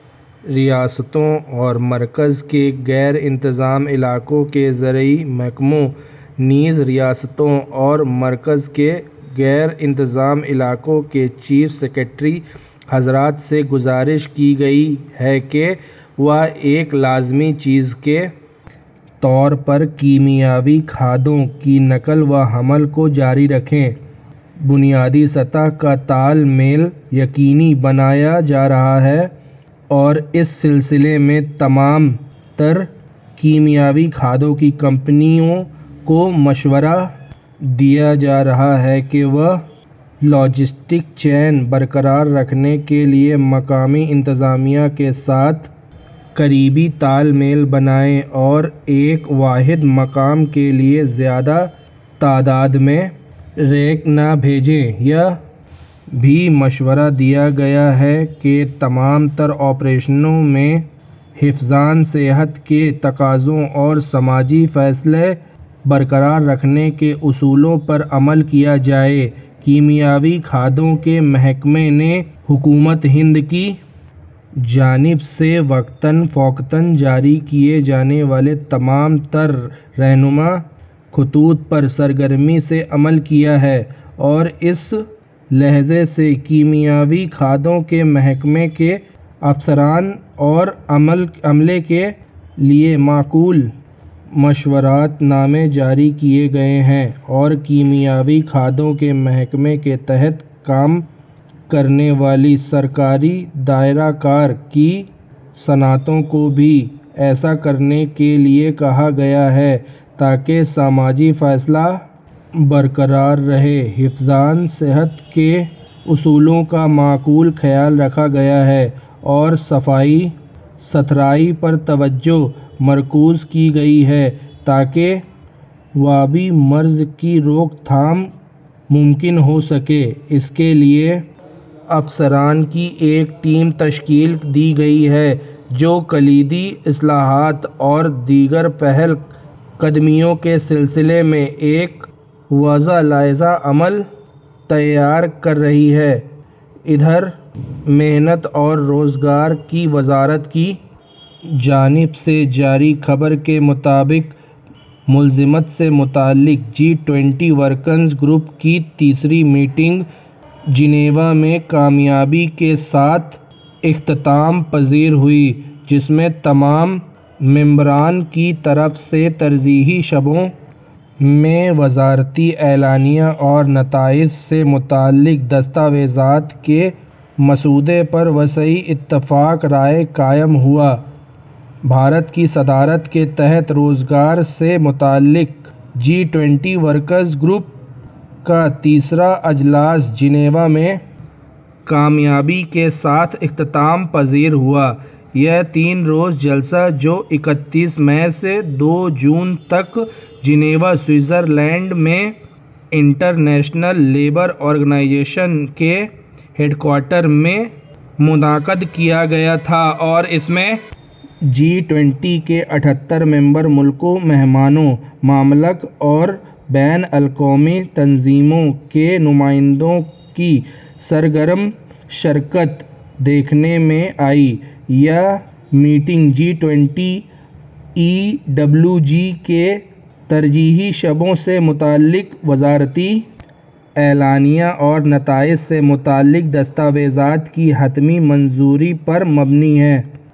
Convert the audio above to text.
ریاستوں اور مرکز کے زیر انتظام علاقوں کے زرعی محکموں نیز ریاستوں اور مرکز کے زیر انتظام علاقوں کے چیف سکریٹری حضرات سے گزارش کی گئی ہے کہ وہ ایک لازمی چیز کے طور پر کیمیاوی کھادوں کی نقل و حمل کو جاری رکھیں بنیادی سطح کا تال میل یقینی بنایا جا رہا ہے اور اس سلسلے میں تمام تر کیمیاوی کھادوں کی کمپنیوں کو مشورہ دیا جا رہا ہے کہ وہ لاجسٹک چین برقرار رکھنے کے لیے مقامی انتظامیہ کے ساتھ قریبی تال میل بنائیں اور ایک واحد مقام کے لیے زیادہ تعداد میں ریک نہ بھیجیں یہ بھی مشورہ دیا گیا ہے کہ تمام تر آپریشنوں میں حفظان صحت کے تقاضوں اور سماجی فاصلہ برقرار رکھنے کے اصولوں پر عمل کیا جائے کیمیاوی کھادوں کے محکمے نے حکومت ہند کی جانب سے وقتاً فوقتاً جاری کیے جانے والے تمام تر رہنما خطوط پر سرگرمی سے عمل کیا ہے اور اسی لحاظ سے کیمیاوی کھادوں کے محکمے کے افسران اور عملے کے لیے معقول مشاورت نامے جاری کیے گئے ہیں اور کیمیاوی کھادوں کے محکمے کے تحت کام کرنے والی سرکاری دائرہ کار کی صنعتوں کو بھی ایسا کرنے کے لیے کہا گیا ہے تاکہ سماجی فاصلہ برقرار رہے حفظان صحت کے اصولوں کا معقول خیال رکھا گیا ہے اور صفائی ستھرائی پر توجہ مرکوز کی گئی ہے تاکہ وبائی مرض کی روک تھام ممکن ہو سکے اس کے لیے افسران کی ایک ٹیم تشکیل دی گئی ہے جو کلیدی اصلاحات اور دیگر پہل قدمیوں کے سلسلے میں ایک واضح لائحہ عمل تیار کر رہی ہے ادھر محنت اور روزگار کی وزارت کی جانب سے جاری خبر کے مطابق ملازمت سے متعلق جی ٹوئنٹی ورکنگ گروپ کی تیسری میٹنگ جنیوا میں کامیابی کے ساتھ اختتام پذیر ہوئی جس میں تمام ممبران کی طرف سے ترجیحی شعبوں میں وزارتی اعلانیہ اور نتائج سے متعلق دستاویزات کے مسودے پر وسیع اتفاق رائے قائم ہوا بھارت کی صدارت کے تحت روزگار سے متعلق جی ٹوئنٹی ورکنگ گروپ کا تیسرا اجلاس جنیوا میں کامیابی کے ساتھ اختتام پذیر ہوا یہ تین روزہ اجلاس جو اکتیس مئی سے دو جون تک جنیوا سوئٹزرلینڈ میں انٹرنیشنل لیبر آرگنائزیشن کے ہیڈکوارٹر میں منعقد کیا گیا تھا اور اس میں جی ٹوئنٹی کے اٹھتر ممبر ملکوں مہمان ممالک اور بین الاقوامی تنظیموں کے نمائندوں کی سرگرم شرکت دیکھنے میں آئی یہ meeting G twenty E W G کے ترجیحی شعبوں سے متعلق وزارتی اعلانیہ اور نتائج سے متعلق دستاویزات کی حتمی منظوری پر مبنی ہے